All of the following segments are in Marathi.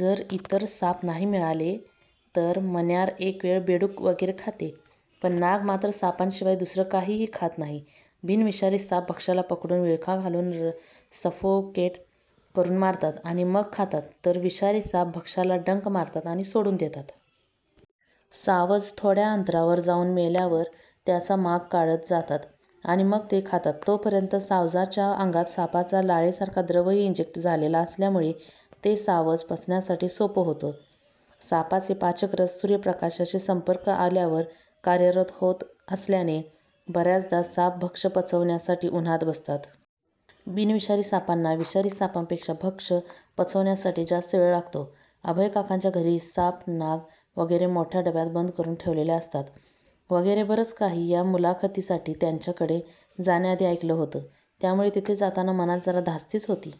जर इतर साप नाही मिळाले तर मण्यार एकवेळ बेडूक वगैरे खाते, पण नाग मात्र सापांशिवाय दुसरं काहीही खात नाही. बिनविषारी साप भक्ष्याला पकडून, विळखा घालून सफोकेट करून मारतात आणि मग खातात, तर विषारी साप भक्ष्याला डंख मारतात आणि सोडून देतात. सावज थोड्या अंतरावर जाऊन मेल्यावर त्याचा माग काढत जातात आणि मग ते खातात. तोपर्यंत सावजाच्या अंगात सापाचा लाळेसारखा द्रवही इंजेक्ट झालेला असल्यामुळे ते सावज पचण्यासाठी सोपं होतं. सापाचे पाचक रस सूर्यप्रकाशाशी संपर्क आल्यावर कार्यरत होत असल्याने बऱ्याचदा साप भक्ष्य पचवण्यासाठी उन्हात बसतात. बिनविषारी सापांना विषारी सापांपेक्षा भक्ष्य पचवण्यासाठी जास्त वेळ लागतो. अभयकाकांच्या घरी साप, नाग वगैरे मोठ्या डब्यात बंद करून ठेवलेले असतात वगैरे बरंच काही, या मुलाखतीसाठी त्यांच्याकडे जाण्याआधी ऐकलं होतं. त्यामुळे तिथे जाताना मनात जरा धास्तीच होती.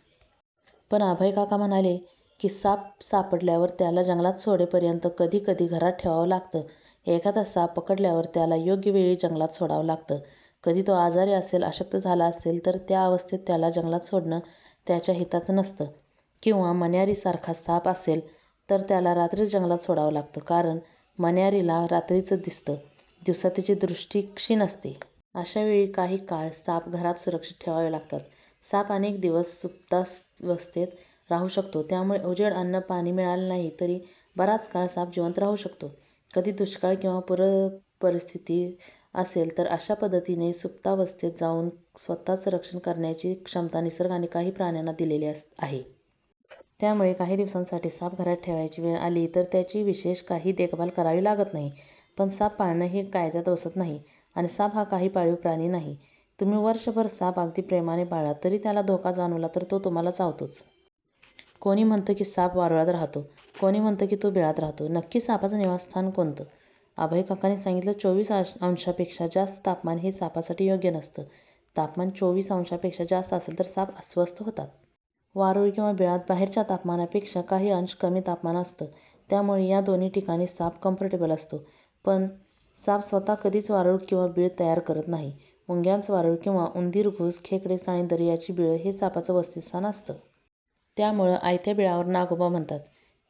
पण अभयकाका म्हणाले की साप सापडल्यावर त्याला जंगलात सोडेपर्यंत कधी कधी घरात ठेवावं लागतं. एखादा साप पकडल्यावर त्याला योग्य वेळी जंगलात सोडावं लागतं. कधी तो आजारी असेल, अशक्त झाला असेल तर त्या अवस्थेत त्याला जंगलात सोडणं त्याच्या हिताचं नसतं किंवा मण्यारीसारखा साप असेल तर त्याला रात्रीच जंगलात सोडावं लागतं; कारण मण्यारीला रात्रीच दिसतं, दिवसा तिची दृष्टी क्षीण असते. अशा वेळी काही काळ साप घरात सुरक्षित ठेवावे लागतात. साप अनेक दिवस सुप्तावस्थेत राहू शकतो, त्यामुळे उजेड, अन्न-पाणी मिळालं नाही तरी बराच काळ साप जिवंत राहू शकतो. कधी दुष्काळ किंवा पूरपरिस्थिती असेल तर अशा पद्धतीने सुप्तावस्थेत जाऊन स्वतःचं रक्षण करण्याची क्षमता निसर्गाने काही प्राण्यांना दिलेली आहे. त्यामुळे काही दिवसांसाठी साप घरात ठेवायची वेळ आली तर त्याची विशेष काही देखभाल करावी लागत नाही. पण साप पाळणं हे कायद्यात बसत नाही आणि साप हा काही पाळीव प्राणी नाही. तुम्ही वर्षभर साप अगदी प्रेमाने पाळलात तरी त्याला धोका जाणवला तर तो तुम्हाला चावतोच! कोणी म्हणतं की साप वारुळात राहतो, कोणी म्हणतं की तो बिळात राहतो. नक्की सापाचं निवासस्थान कोणतं? अभयकाकांनी सांगितलं, चोवीस अंशांपेक्षा जास्त तापमान हे सापासाठी योग्य नसतं. तापमान चोवीस अंशांपेक्षा जास्त असेल तर साप अस्वस्थ होतात. वारूळ किंवा बिळात बाहेरच्या तापमानापेक्षा काही अंश कमी तापमान असतं. त्यामुळे या दोन्ही ठिकाणी साप कम्फर्टेबल असतो. पण साप स्वतः कधीच वारूळ किंवा बीळ तयार करत नाही. मुंग्यांचं वारूळ किंवा उंदीर, घूस, खेकडे, साळींदर यांची बिळं हे सापांचं वसतीस्थान असतं. त्यामुळे 'आयत्या बिळावर नागोबा' म्हणतात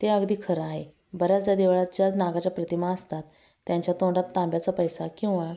ते अगदी खरं आहे! बऱ्याचदा देवळात ज्या नागाच्या प्रतिमा असतात त्यांच्या तोंडात तांब्याचा पैसा किंवा